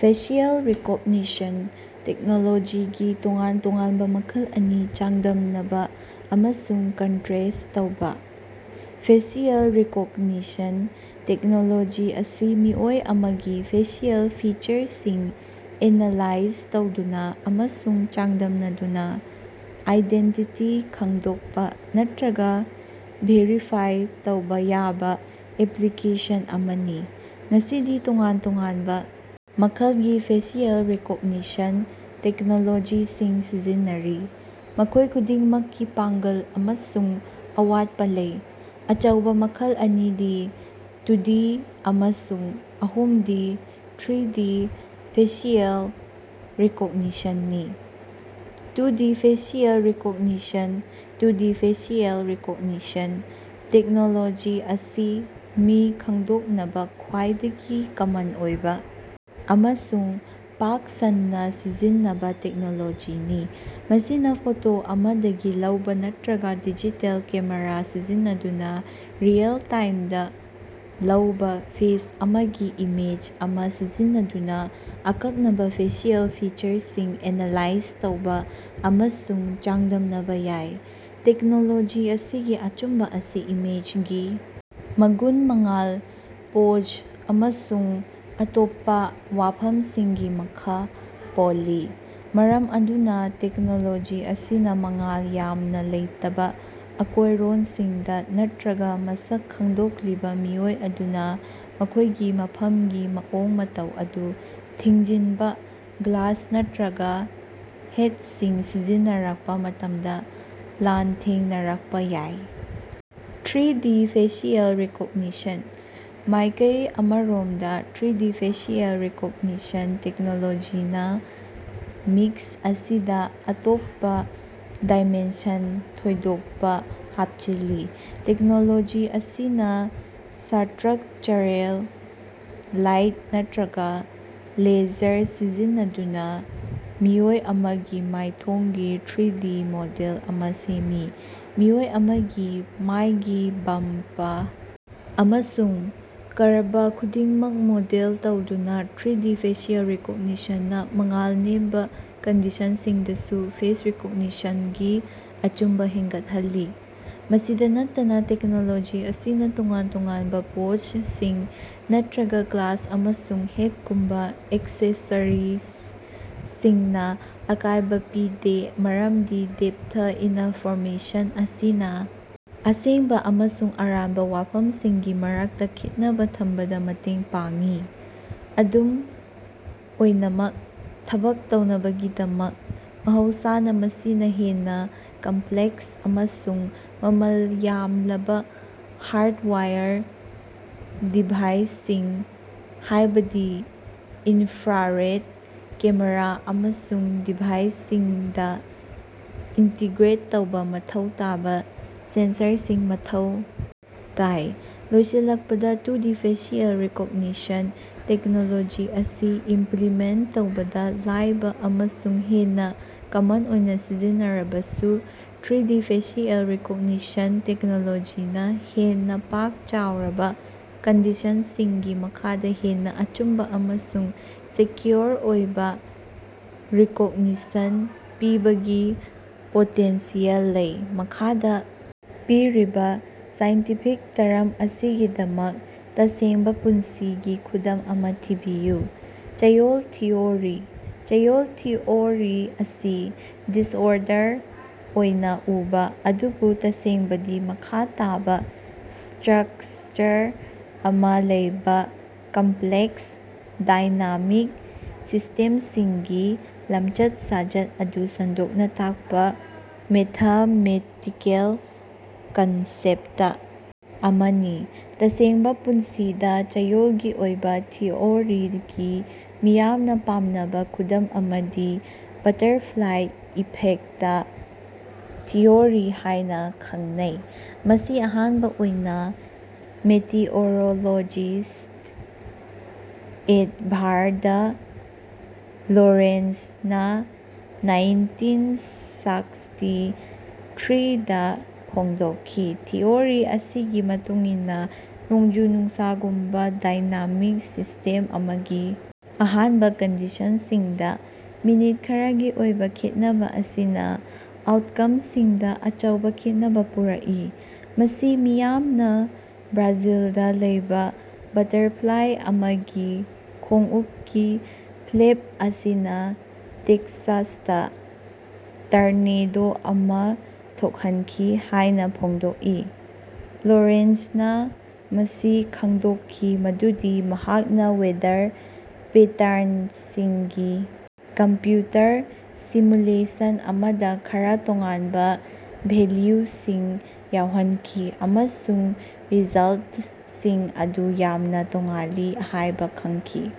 Facial recognition ꯇꯦꯛꯅꯣꯂꯣꯖꯤꯒꯤ ꯇꯣꯉꯥꯟ-ꯇꯣꯉꯥꯟꯕ ꯃꯈꯜ ꯑꯅꯤ ꯆꯥꯡꯗꯝꯅꯕ ꯑꯃꯁꯨꯡ ꯀꯟꯇ꯭ꯔꯦꯁ ꯇꯧꯕ꯫ ꯐꯦꯁꯤꯑꯦꯜ ꯔꯤꯀꯣꯒꯅꯤꯁꯟ ꯇꯦꯛꯅꯣꯂꯣꯖꯤ ꯑꯁꯤ ꯃꯤꯑꯣꯏ ꯑꯃꯒꯤ ꯐꯦꯁꯤꯑꯦꯜ ꯐꯤꯆꯔꯁꯤꯡ ꯑꯦꯅꯥꯂꯥꯏꯖ ꯇꯧꯗꯨꯅ ꯑꯃꯁꯨꯡ ꯆꯥꯡꯗꯝꯅꯗꯨꯅ ꯑꯥꯏꯗꯦꯟꯇꯤꯇꯤ ꯈꯪꯗꯣꯛꯄ ꯅꯠꯇ꯭ꯔꯒ ꯚꯦꯔꯤꯐꯥꯏ ꯇꯧꯕ ꯌꯥꯕ ꯑꯦꯄ꯭ꯂꯤꯀꯦꯁꯟ ꯑꯃꯅꯤ꯫ ꯉꯁꯤꯗꯤ ꯇꯣꯉꯥꯟ ꯇꯣꯉꯥꯟꯕ ꯃꯈꯜꯒꯤ ꯐꯦꯁꯤꯑꯦꯜ ꯔꯤꯀꯣꯒꯅꯤꯁꯟ ꯇꯦꯛꯅꯣꯂꯣꯖꯤꯁꯤꯡ ꯁꯤꯖꯤꯟꯅꯔꯤ, ꯃꯈꯣꯏ ꯈꯨꯗꯤꯡꯃꯛꯀꯤ ꯄꯥꯡꯒꯜ ꯑꯃꯁꯨꯡ ꯑꯋꯥꯠꯄ ꯂꯩ꯫ ꯑꯆꯧꯕ ꯃꯈꯜ ꯑꯅꯤꯗꯤ ꯇꯨꯗꯤ ꯑꯃꯁꯨꯡ ꯑꯍꯨꯝꯗꯤ ꯊ꯭ꯔꯤꯗꯤ ꯐꯦꯁꯤꯑꯦꯜ ꯔꯤꯀꯣꯒꯅꯤꯁꯟꯅꯤ꯫ Two D facial recognition: two D facial recognition technology ꯑꯁꯤ ꯃꯤ ꯈꯪꯗꯣꯛꯅꯕ ꯈ꯭ꯋꯥꯏꯗꯒꯤ ꯀꯃꯟ ꯑꯣꯏꯕ ꯑꯃꯁꯨꯡ ꯄꯥꯛ ꯁꯟꯅ ꯁꯤꯖꯤꯟꯅꯕ ꯇꯦꯛꯅꯣꯂꯣꯖꯤꯅꯤ꯫ ꯃꯁꯤꯅ ꯐꯣꯇꯣ ꯑꯃꯗꯒꯤ ꯂꯧꯕ ꯅꯠꯇ꯭ꯔꯒ ꯗꯤꯖꯤꯇꯦꯜ ꯀꯦꯃꯦꯔꯥ ꯁꯤꯖꯤꯟꯅꯗꯨꯅ ꯔꯤꯑꯦꯜ-ꯇꯥꯏꯝꯗ ꯂꯧꯕ ꯐꯦꯁ ꯑꯃꯒꯤ ꯏꯃꯦꯖ ꯑꯃ ꯁꯤꯖꯤꯟꯅꯗꯨꯅ ꯑꯀꯛꯅꯕ ꯐꯦꯁꯤꯑꯦꯜ ꯐꯤꯆꯔꯁꯤꯡ ꯑꯦꯅꯥꯂꯥꯏꯖ ꯇꯧꯕ ꯑꯃꯁꯨꯡ ꯆꯥꯡꯗꯝꯅꯕ ꯌꯥꯏ꯫ ꯇꯦꯛꯅꯣꯂꯣꯖꯤ ꯑꯁꯤꯒꯤ ꯑꯆꯨꯝꯕ ꯑꯁꯤ ꯏꯃꯦꯖꯒꯤ ꯃꯒꯨꯟ, ꯃꯉꯥꯜ, ꯄꯣꯖ ꯑꯃꯁꯨꯡ ꯑꯇꯣꯞꯄꯥ ꯋꯥꯐꯝꯁꯤꯡꯒꯤ ꯃꯈ ꯄꯣꯜꯂꯤ꯫ ꯃꯔꯝ ꯑꯗꯨꯅ ꯇꯦꯛꯅꯣꯂꯣꯖꯤ ꯑꯁꯤꯅ ꯃꯉꯥꯜ ꯌꯥꯝꯅ ꯂꯩꯇꯕ ꯑꯀꯣꯏꯔꯣꯟꯁꯤꯡꯗ, ꯅꯠꯇ꯭ꯔꯒ ꯃꯁꯛ ꯈꯪꯗꯣꯛꯂꯤꯕ ꯃꯤꯑꯣꯏ ꯑꯗꯨꯅꯥ ꯃꯈꯣꯏꯒꯤ ꯃꯐꯝꯒꯤ ꯃꯑꯣꯡ-ꯃꯇꯧ ꯑꯗꯨ ꯊꯤꯡꯖꯤꯟꯕ ꯒ꯭ꯂꯥꯁ ꯅꯠꯇ꯭ꯔꯒ ꯍꯦꯠꯁꯤꯡ ꯁꯤꯖꯤꯟꯅꯔꯛꯄ ꯃꯇꯝꯗ ꯂꯥꯟꯊꯦꯡꯅꯔꯛꯄ ꯌꯥꯏ꯫ ꯊ꯭ꯔꯤꯗꯤ ꯐꯦꯁꯤꯑꯦꯜ ꯔꯤꯀꯣꯒꯅꯤꯁꯟ: ꯃꯥꯏꯀꯩ ꯑꯃꯔꯣꯝꯗ ꯊ꯭ꯔꯤꯗꯤ ꯐꯦꯁꯤꯑꯦꯜ ꯔꯤꯀꯣꯒꯅꯤꯁꯟ ꯇꯦꯛꯅꯣꯂꯣꯖꯤꯅ ꯃꯤꯛꯁ ꯑꯁꯤꯗ ꯑꯇꯣꯞꯄ ꯗꯥꯏꯃꯦꯟꯁꯟ ꯊꯣꯏꯗꯣꯛꯄ ꯍꯥꯞꯆꯤꯜꯂꯤ꯫ ꯇꯦꯛꯅꯣꯂꯣꯖꯤ ꯑꯁꯤꯅ ꯁ꯭ꯇꯔꯛꯆꯔꯦꯜ ꯂꯥꯏꯠ ꯅꯠꯇ꯭ꯔꯒ ꯂꯦꯖꯔ ꯁꯤꯖꯤꯟꯅꯗꯨꯅ ꯃꯤꯑꯣꯏ ꯑꯃꯒꯤ ꯃꯥꯏꯊꯣꯡꯒꯤ ꯊ꯭ꯔꯤꯗꯤ ꯃꯣꯗꯦꯜ ꯑꯃ ꯁꯦꯝꯃꯤ꯫ ꯃꯤꯑꯣꯏ ꯑꯃꯒꯤ ꯃꯥꯏꯒꯤ ꯕꯝꯄ ꯑꯃꯁꯨꯡ ꯀꯔꯕ ꯈꯨꯗꯤꯡꯃꯛ ꯃꯣꯗꯦꯜ ꯇꯧꯗꯨꯅ ꯊ꯭ꯔꯤꯗꯤ ꯐꯦꯁꯤꯑꯦꯜ ꯔꯤꯀꯣꯒꯅꯤꯁꯟꯅ ꯃꯉꯥꯜ ꯅꯦꯝꯕ ꯀꯟꯗꯤꯁꯟꯁꯤꯡꯗꯁꯨ ꯐꯦꯁ ꯔꯤꯀꯣꯒꯅꯤꯁꯟꯒꯤ ꯑꯆꯨꯝꯕ ꯍꯦꯟꯒꯠꯍꯜꯂꯤ꯫ ꯃꯁꯤꯗ ꯅꯠꯇꯅ, ꯇꯦꯛꯅꯣꯂꯣꯖꯤ ꯑꯁꯤꯅ ꯇꯣꯉꯥꯟ ꯇꯣꯉꯥꯟꯕ ꯄꯣꯖꯁꯤꯡ ꯅꯠꯇ꯭ꯔꯒ ꯒ꯭ꯂꯥꯁ ꯑꯃꯁꯨꯡ ꯍꯦꯠꯒꯨꯝꯕ ꯑꯦꯛꯁꯦꯁꯔꯤꯖꯁꯤꯡꯅ ꯑꯀꯥꯏꯕ ꯄꯤꯗꯦ ꯃꯔꯝꯗꯤ ꯗꯦꯞꯊ ꯏꯅꯐꯣꯔꯃꯦꯁꯟ ꯑꯁꯤꯅ ꯑꯁꯦꯡꯕ ꯑꯃꯁꯨꯡ ꯑꯔꯥꯟꯕ ꯋꯥꯐꯝꯁꯤꯡꯒꯤ ꯃꯔꯛꯇ ꯈꯦꯠꯅꯕ ꯊꯝꯕꯗ ꯃꯇꯦꯡ ꯄꯥꯡꯏ꯫ ꯑꯗꯨꯝ ꯑꯣꯏꯅꯃꯛ, ꯊꯕꯛ ꯇꯧꯅꯕꯒꯤꯗꯃꯛ, ꯃꯍꯧꯁꯥꯅ ꯃꯁꯤꯅ ꯍꯦꯟꯅ ꯀꯝꯄ꯭ꯂꯦꯛꯁ ꯑꯃꯁꯨꯡ ꯃꯃꯜ ꯌꯥꯝꯂꯕ ꯍꯥꯔꯗꯋꯥꯌꯔ ꯗꯤꯚꯥꯏꯁꯁꯤꯡ ꯍꯥꯏꯕꯗꯤ ꯏꯟꯐ꯭ꯔꯥꯔꯦꯗ ꯀꯦꯃꯦꯔꯥ ꯑꯃꯁꯨꯡ ꯗꯤꯚꯥꯏꯁꯁꯤꯡꯗ ꯏꯟꯇꯤꯒ꯭ꯔꯦꯠ ꯇꯧꯕ ꯃꯊꯧ ꯇꯥꯕ ꯁꯦꯟꯁꯔꯁꯤꯡ ꯃꯊꯧ ꯇꯥꯏ꯫ ꯂꯣꯏꯁꯤꯜꯂꯛꯄꯗ ꯇꯨꯗꯤ ꯐꯦꯁꯤꯑꯦꯜ ꯔꯤꯀꯣꯒꯅꯤꯁꯟ ꯇꯦꯛꯅꯣꯂꯣꯖꯤ ꯑꯁꯤ ꯏꯝꯄ꯭ꯂꯤꯃꯦꯟꯇ ꯇꯧꯕꯗ ꯂꯥꯏꯕ ꯑꯃꯁꯨꯡ ꯍꯦꯟꯅ ꯀꯃꯟ ꯑꯣꯏꯅ ꯁꯤꯖꯤꯟꯅꯔꯕꯁꯨ, ꯊ꯭ꯔꯤꯗꯤ ꯐꯦꯁꯤꯑꯦꯜ ꯔꯤꯀꯣꯒꯅꯤꯁꯟ ꯇꯦꯛꯅꯣꯂꯣꯖꯤꯅ ꯍꯦꯟꯅ ꯄꯥꯛ-ꯆꯥꯎꯔꯕ ꯀꯟꯗꯤꯁꯟꯁꯤꯡꯒꯤ ꯃꯈꯥꯗ ꯍꯦꯟꯅ ꯑꯆꯨꯝꯕ ꯑꯃꯁꯨꯡ ꯁꯦꯀ꯭ꯌꯨꯔ ꯑꯣꯏꯕ ꯔꯤꯀꯣꯒꯅꯤꯁꯟ ꯄꯤꯕꯒꯤ ꯄꯣꯇꯦꯟꯁꯤꯌꯦꯜ ꯂꯩ꯫ ꯃꯈꯥꯗ ꯄꯤꯔꯤꯕ ꯁꯥꯏꯟꯇꯤꯐꯤꯛ ꯇꯔꯝ ꯑꯁꯤꯒꯤꯗꯃꯛꯇ ꯇꯁꯦꯡꯕ ꯄꯨꯟꯁꯤꯒꯤ ꯈꯨꯗꯝ ꯑꯃ ꯊꯤꯕꯤꯌꯨ꯫ ꯆꯌꯣꯜ ꯊꯤꯑꯣꯔꯤ꯫ ꯆꯌꯣꯜ ꯊꯤꯑꯣꯔꯤ ꯑꯁꯤ ꯗꯤꯁꯑꯣꯔꯗꯔ ꯑꯣꯏꯅ ꯎꯕ, ꯑꯗꯨꯕꯨ ꯇꯁꯦꯡꯕꯗꯤ ꯃꯈꯥ ꯇꯥꯕ ꯁ꯭ꯇꯔꯛꯆꯔ ꯑꯃ ꯂꯩꯕ ꯀꯝꯄ꯭ꯂꯦꯛꯁ, ꯗꯥꯏꯅꯥꯃꯤꯛ ꯁꯤꯁꯇꯦꯝꯁꯤꯡꯒꯤ ꯂꯝꯆꯠ-ꯁꯥꯖꯠ ꯑꯗꯨ ꯁꯟꯗꯣꯛꯅ ꯇꯥꯛꯄ ꯃꯦꯊꯃꯦꯇꯤꯀꯦꯜ ꯀꯟꯁꯦꯞꯇ ꯑꯃꯅꯤ꯫ ꯇꯁꯦꯡꯕ ꯄꯨꯟꯁꯤꯗ ꯆꯌꯣꯜꯒꯤ ꯑꯣꯏꯕ ꯊꯤꯑꯣꯔꯤꯒꯤ ꯃꯤꯌꯥꯝꯅ ꯄꯥꯝꯅꯕ ꯈꯨꯗꯝ ꯑꯃꯗꯤ "ꯕꯇꯔꯐ꯭ꯂꯥꯏ ꯏꯐꯦꯛꯇ" ꯊꯤꯑꯣꯔꯤ ꯍꯥꯏꯅ ꯈꯪꯅꯩ, ꯃꯁꯤ ꯑꯍꯥꯟꯕ ꯑꯣꯏꯅ ꯃꯦꯇꯤꯑꯣꯔꯣꯂꯣꯖꯤꯁ꯭ꯠ ꯑꯦꯗꯕꯥꯔꯗ ꯂꯣꯔꯦꯟꯖꯅ ꯅꯥꯏꯟꯇꯤꯟ ꯁꯥꯛꯁꯇꯤ ꯊ꯭ꯔꯤꯗ ꯐꯣꯡꯗꯣꯛꯈꯤ, ꯊꯤꯑꯣꯔꯤ ꯑꯁꯤꯒꯤ ꯃꯇꯨꯡ ꯏꯟꯅ, ꯅꯣꯡꯖꯨ-ꯅꯨꯡꯁꯥꯒꯨꯝꯕ ꯗꯥꯏꯅꯥꯃꯤꯛ ꯁꯤꯁ꯭ꯇꯦꯝ ꯑꯃꯒꯤ ꯑꯍꯥꯟꯕ ꯀꯟꯗꯤꯁꯟꯁꯤꯡꯗ ꯃꯤꯅꯤꯠ ꯈꯔꯒꯤ ꯑꯣꯏꯕ ꯈꯦꯠꯅꯕ ꯑꯁꯤꯅ ꯑꯥꯎꯠꯀꯝꯁꯤꯡꯗ ꯑꯆꯧꯕ ꯈꯦꯠꯅꯕ ꯄꯨꯔꯛꯏ꯫ ꯃꯁꯤ ꯃꯤꯌꯥꯝꯅ ꯕ꯭ꯔꯥꯖꯤꯜꯗ ꯂꯩꯕ ꯕꯇꯔꯐ꯭ꯂꯥꯏ ꯑꯃꯒꯤ ꯈꯣꯡꯎꯞꯀꯤ ꯐ꯭ꯂꯦꯞ ꯑꯁꯤꯅ ꯇꯦꯛꯁꯥꯁꯇ ꯇꯔꯅꯦꯗꯣ ꯑꯃ ꯊꯣꯛꯍꯟꯈꯤ ꯍꯥꯏꯅ ꯐꯣꯡꯗꯣꯛꯏ꯫ ꯂꯣꯔꯦꯟꯖꯅ ꯃꯁꯤ ꯈꯪꯗꯣꯛꯈꯤ ꯃꯗꯨꯗꯤ ꯃꯍꯥꯛꯅ ꯋꯦꯗꯔ ꯄꯦꯇꯔꯟꯁꯤꯡꯒꯤ ꯀꯝꯄ꯭ꯌꯨꯇꯔ ꯁꯤꯃꯨꯂꯦꯁꯟ ꯑꯃꯗ ꯈꯔ ꯇꯣꯉꯥꯟꯕ ꯚꯦꯂ꯭ꯌꯨꯁꯤꯡ ꯌꯥꯎꯍꯟꯈꯤ ꯑꯃꯁꯨꯡ ꯔꯤꯖꯜꯇꯁꯤꯡ ꯑꯗꯨ ꯌꯥꯝꯅ ꯇꯣꯉꯥꯜꯂꯤ ꯍꯥꯏꯕ ꯈꯪꯈꯤ꯫